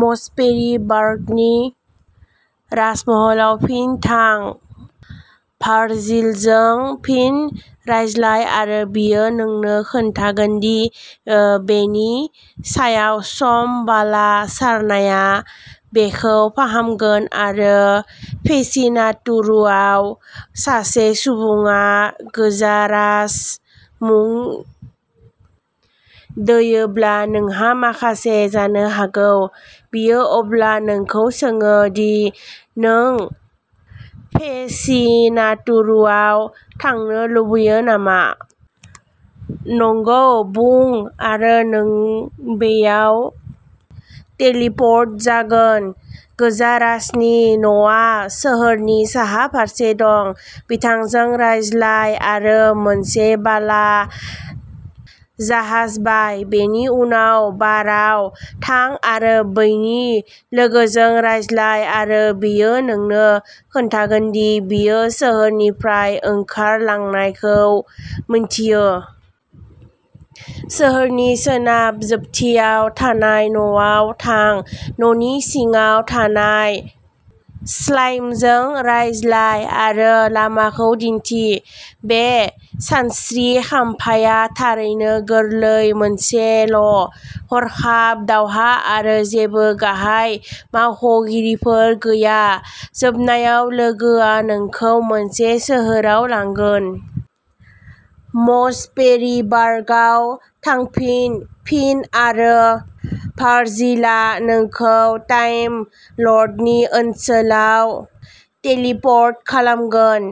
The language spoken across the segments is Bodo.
मसपेरिबार्गनि राजमहलाव फिन थां। भार्जिलजों फिन रायज्लाय आरो बियो नोंनो खोन्थागोन दि बेनि सायाव सम बाला सारनाया बेखौ फाहामगोन आरो फेसिनातुरुआव सासे सुबुङा गोजारास मुं दोयोब्ला नोंहा माखासे जानो हागौ। बियो अब्ला नोंखौ सोङो दि नों फेसिनातुरुआव थांनो लुगैयो नामा? नंगौ बुं आरो नों बैयाव टेलिपोर्ट जागोन। गोजारासनि न'आ सोहोरनि साहा फारसे दं। बिथांजों रायज्लाय आरो मोनसे बाला जाहाज बाय, बेनि उनाव बारआव थां आरो बैनि लोगोजों रायज्लाय आरो बियो नोंनो खोन्थागोन दि बियो सोहोरनिफ्राय ओंखारलांनायखौ मिन्थियो। सोहोरनि सोनाब जोबथियाव थानाय न'आव थां। न'नि सिङाव थानाय स्लाइमजों रायज्लाय आरो लामाखौ दिन्थि। बे खानस्रि खाम्फाया थारैनो गोरलै माखासेल'। हरखाब दावहा आरो जेबो गाहाय मावख'गिरिफोर गैया। जोबनायाव, लोगोआ नोंखौ मोनसे सोहोराव लांगोन। मसपेरिबार्गआव थांफिन फिन आरो भार्जिलआ नोंखौ टाइम लर्डनि ओनसोलाव टेलिप'र्ट खालामगोन।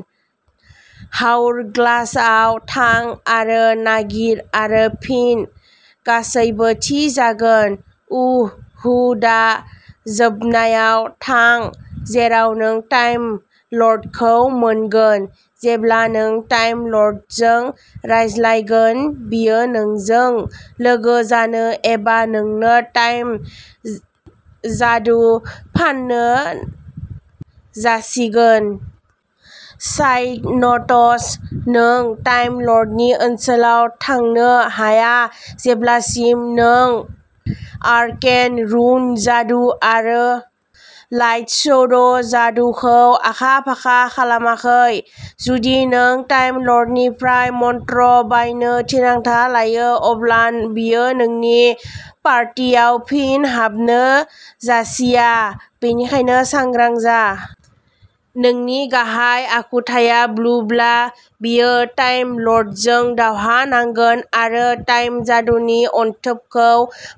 हावरग्लासआव थां आरो नागिर आरो फिन, गासैबो थि जागोन, उ हु दा जोबनायाव थां जेराव नों टाइम लर्डखौ मोनगोन। जेब्ला नों टाइम लर्डजों रायज्लायगोन बियो नोंजों लोगो जानो एबा नोंनो टाइम जादु फाननो जासिगोन। साइड न'टस नों टाइम लर्डनि ओनसोलाव थांनो हाया जेब्लासिम नों आर्केन रुन जादु आरो लाइट स ड' जादुखौ आखा-फाखा खालामाखै। जुदि नों टाइम लर्डनिफ्राय मंत्र बायनो थिरांथा लायो, अब्ला बियो नोंनि पार्टियाव फिन हाबनो जासिया, बेनिखायनो सांग्रां जा। नोंनि गाहाय आखुथाया ब्लुब्ला, बियो टाइम लर्डजों दावहा नांगोन आरो टाइम जादुनि अनथोबखौ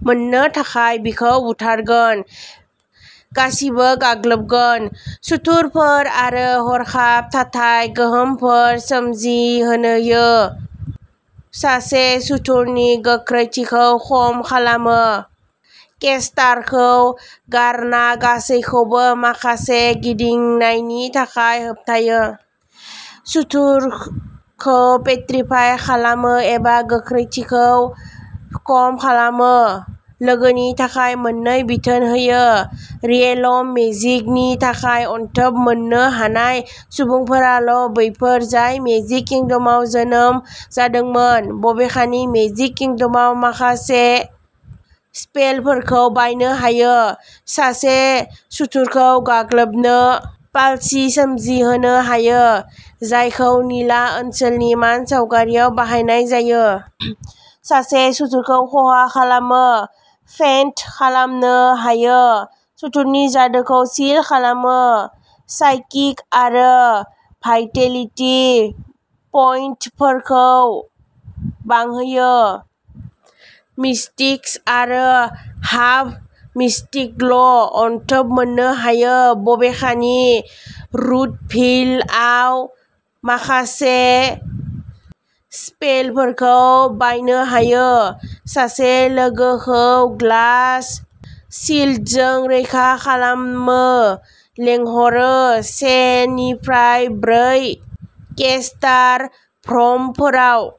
मोननो थाखाय बिखौ बुथारगोन। गासिबो गाग्लोबगोन। सुथुरफोर आरो हरखाब थाथाय गोहोमफोर सोमजिहोयो। सासे सुथुरनि गोख्रैथिखौ खम खालामो। केस्टारखौ गारना गासैखौबो माखासे गिदिंनायनि थाखाय होबथायो। सुथुरखौ पेत्रिफाइ खालामो एबा गोख्रैथिखौ खम खालामो। लोगोनि थाखाय मोननै बिथोन होयो। रियेलम मेजिकनि थाखाय अनथोब मोन्नो हानाय सुबुंफोराल' बैफोर जाय मेजिक किंडमआव जोनोम जादोंमोन। बबेखानि, मेजिक किंडमआव माखासे स्पेलफोरखौ बायनो हायो। सासे सुथुरखौ गाग्लोबो पालसि सोमजिहोनो हायो, जायखौ निला ओनसोलनि मानसावगारिआव बाहायनाय जायो। सासे सुथुरखौ खहा खालामो, फेन्ट खालामनो हायो, सुथुरनि जादुखौ सिल खालामो। साइकिक आरो भाइटेलिटि पइन्टफोरखौ बांहोयो। मिस्टिक्स आरो हाफ मिस्टिकल' अनथोब मोन्नो हायो बबेखानि, रूटभिल आव माखासे स्पेलफोरखौ बायनो हायो। सासे लोगोखौ ग्लास शील्डजों रैखा खालामो लेंहरो से निफ्राय ब्रै केस्टार भ्रमफोराव।